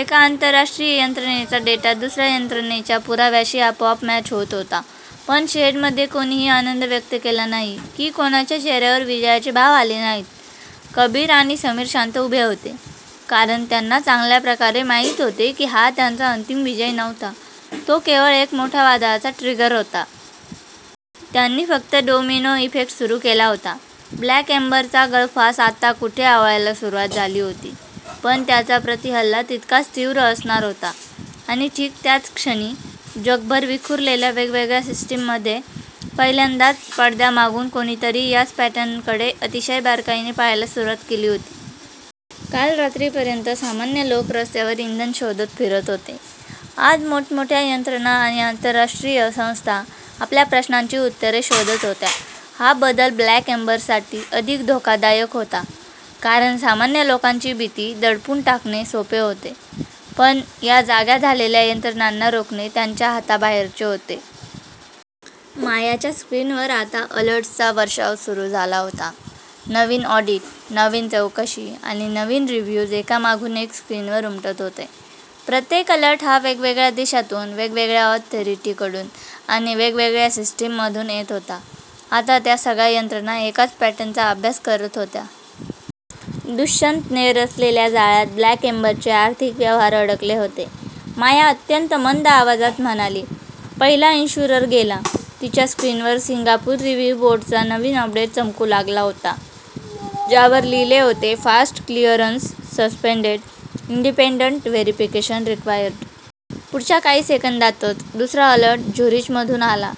एका आंतरराष्ट्रीय यंत्रणेचा डेटा दुसऱ्या यंत्रणेच्या पुराव्याशी आपोआप मॅच होत होता. पण शेडमध्ये कोणीही आनंद व्यक्त केला नाही, की कोणाच्या चेहऱ्यावर विजयाचे भाव आले नाहीत. कबीर आणि समीर शांत उभे होते. कारण त्यांना चांगल्या प्रकारे माहीत होते की हा त्यांचा अंतिम विजय नव्हता; तो केवळ एका मोठ्या वादळाचा ट्रिगर होता. त्यांनी फक्त डोमिनो इफेक्ट सुरू केला होता. ब्लॅक एम्बरचा गळफास आत्ता कुठे आवळायला सुरुवात झाली होती, पण त्याचा प्रतिहल्ला तितकाच तीव्र असणार होता. आणि ठीक त्याच क्षणी, जगभर विखुरलेल्या वेगवेगळ्या सिस्टीम्समध्ये पहिल्यांदाच पडद्यामागून कोणीतरी याच पॅटर्नकडे अतिशय बारकाईने पाहायला सुरुवात केली होती. काल रात्रीपर्यंत सामान्य लोक रस्त्यावर इंधन शोधत फिरत होते. आज मोठमोठ्या यंत्रणा आणि आंतरराष्ट्रीय संस्था आपल्या प्रश्नांची उत्तरे शोधत होत्या. हा बदल ब्लॅक एम्बरसाठी अधिक धोकादायक होता. कारण सामान्य लोकांची भीती दडपून टाकणे सोपे होते, पण या जाग्या झालेल्या यंत्रणांना रोखणे त्यांच्या हाताबाहेरचे होते. मायाच्या स्क्रीनवर आता अलर्ट्सचा वर्षाव सुरू झाला होता. नवीन ऑडिट, नवीन चौकशी आणि नवीन रिव्ह्यूज एकामागून एक स्क्रीनवर उमटत होते. प्रत्येक अलर्ट हा वेगवेगळ्या देशातून, वेगवेगळ्या ऑथॉरिटीकडून आणि वेगवेगळ्या सिस्टीममधून येत होता. आता त्या सगळ्या यंत्रणा एकाच पॅटर्नचा अभ्यास करत होत्या. दुष्यंतने रचलेल्या जाळ्यात ब्लॅक एम्बरचे आर्थिक व्यवहार अडकले होते. माया अत्यंत मंद आवाजात म्हणाली, "पहिला इन्शुरर गेला. " तिच्या स्क्रीनवर सिंगापूर रिव्ह्यू बोर्डचा नवीन अपडेट चमकू लागला होता, ज्यावर लिहिले होते fast clearance suspended, independent verification required. पुढच्या काही सेकंदांतच दुसरा अलर्ट झुरिचमधून आला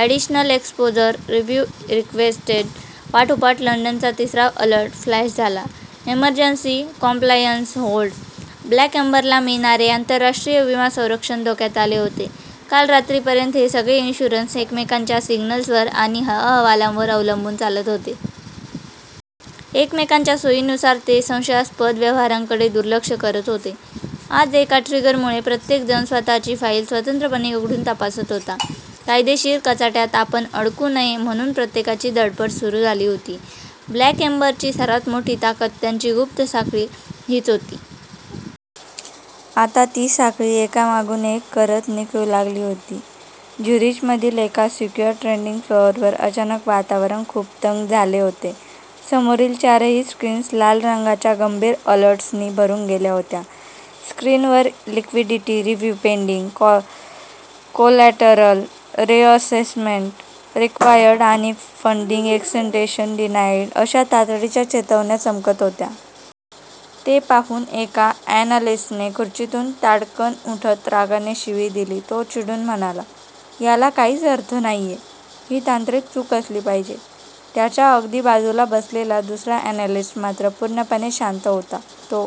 ऍडिशनल एक्स्पोजर रिव्ह्यू रिक्व्हेस्टेड. पाठोपाठ लंडनचा तिसरा अलर्ट फ्लॅश झाला इमर्जन्सी कॉम्प्लायन्स होल्ड. ब्लॅक एम्बरला मिळणारे आंतरराष्ट्रीय विमा संरक्षण धोक्यात आले होते. काल रात्रीपर्यंत हे सगळे इन्शुरर्स एकमेकांच्या सिग्नल्सवर आणि अहवालांवर अवलंबून चालत होते. एकमेकांच्या सोयीनुसार ते संशयास्पद व्यवहारांकडे दुर्लक्ष करत होते. आज या एका ट्रिगरमुळे प्रत्येक जण स्वतःची फाईल स्वतंत्रपणे उघडून तपासत होता. कायदेशीर कचाट्यात आपण अडकू नये म्हणून प्रत्येकाची धडपड सुरू झाली होती. ब्लॅक एम्बरची सर्वात मोठी ताकद त्यांची गुप्त साखळी हीच होती. आता ती साखळी एकामागून एक करत निखळू लागली होती. झुरिचमधील एका सिक्युअर ट्रेडिंग फ्लोअरवर अचानक वातावरण खूप तंग झाले होते. समोरील चारही स्क्रीन्स लाल रंगाच्या गंभीर अलर्ट्सनी भरून गेल्या होत्या. स्क्रीनवर liquidity review pending, collateral reassessment required आणि फंडिंग एक्सटेंशन डिनाईड अशा तातडीच्या चेतावण्या चमकत होत्या. ते पाहून एका अॅनालिस्टने खुर्चीतून ताडकन उठत रागाने शिवी दिली. तो चिडून म्हणाला, "याला काहीच अर्थ नाहीये. ही तांत्रिक चूक असली पाहिजे. " त्याच्या अगदी बाजूला बसलेला दुसरा अॅनालिस्ट मात्र पूर्णपणे शांत होता. तो